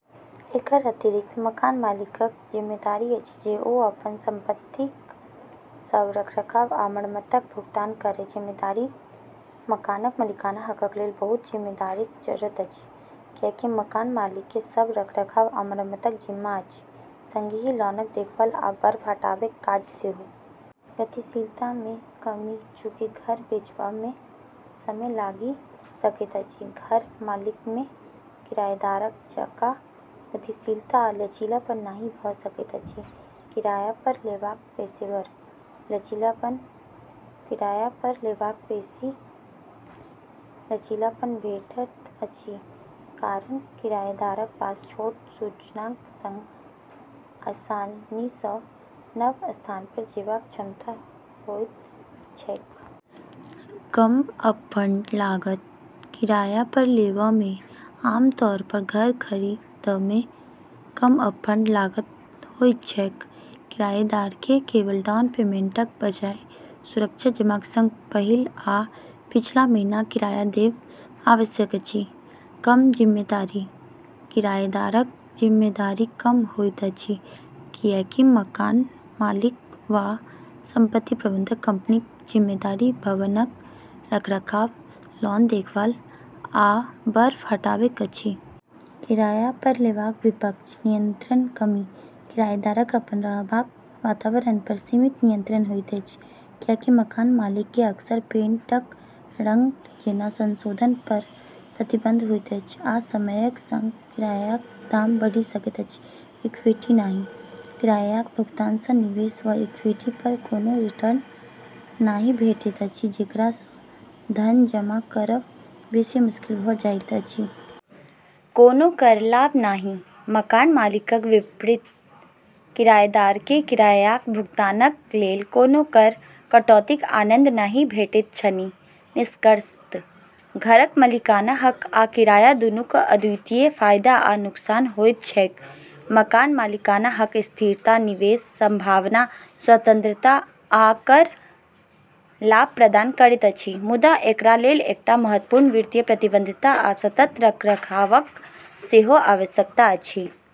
एकर अतिरिक्त, मकान मालिकक जिम्मेदारी अछि जे ओ अपन सम्पतिक सभ रखरखाव आ मरम्मतक भुगतान करय। जिम्मेदारी: मकानक मालिकाना हकक लेल बहुत जिम्मेदारीक जरूरत अछि, किएकि मकान मालिककेँ सभ रखरखाव आ मरम्मतक जिम्मा अछि, सँगही लॉनक देखभाल आ बर्फ हटाबैक काज सेहो। गतिशीलतामे कमी: चूंकि घर बेचबामे समय लागि सकैत अछि, घर मालिकमे किरायदारक जकाँ गतिशीलता आ लचीलापन नहि भऽ सकैत अछि। किरायापर लेबाक पेशेवर: लचीलापन: किरायापर लेबासँ बेसी लचीलापन भेटैत अछि, कारण किरायेदारक पास छोट सूचनाक सँग आसानीसँ नव स्थानपर जेबाक क्षमता होइत छैक। कम अपफ्रन्ट लागत: किरायापर लेबामे आमतौरपर घर खरी दबामे कम अपफ्रन्ट लागत होइत छैक, किरायेदारकेँ केवल डाउन पेमेन्टक बजाय, सुरक्षा जमाक सँग पहिल आ पिछला महीनाक किराया देब आवश्यक अछि। कम जिम्मेदारी: किरायेदारक जिम्मेदारी कम होइत अछि, किएकि मकान मालिक वा सम्पति प्रबन्धन कम्पनीक जिम्मेदारी भवनक रखरखाव, लॉन देखभाल, आ बर्फ हटाबैक अछि। किरायापर लेबाक विपक्ष: नियन्त्रणक कमी: किरायेदारक अपन रहबाक वातावरणपर सीमित नियन्त्रण होइत अछि, किएकि मकान मालिककेँ अक्सर पेन्टक रङ्ग जेना संशोधनपर प्रतिबन्ध होइत अछि, आ समयक सँग किरायाक दाम बढ़ि सकैत अछि। इक्विटी नहि: किरायाक भुगतानसँ निवेश वा इक्विटीपर कोनो रिटर्न नहि भेटैत अछि, जेकरासँ धन जमा करब बेसी मुश्किल भऽ जाइत अछि। कोनो कर लाभ नहि: मकान मालिकक विपरीत किरायदारकेँ किरायाक भुगतानक लेल कोनो कर कटौतीक आनन्द नहि भेटैत छनि। निष्कर्षतः घरक मालिकाना हक आ किराया दूनूक अद्वितीय फायदा आ नुकसान होइत छैक। मकान मालिकाना हक स्थिरता, निवेश सम्भावना, स्वतन्त्रता, आ कर लाभ प्रदान करैत अछि, मुदा एकरालेल एकटा महत्वपूर्ण वित्तीय प्रतिबद्धता आ सतत रखरखावक सेहो आवश्यकता अछि।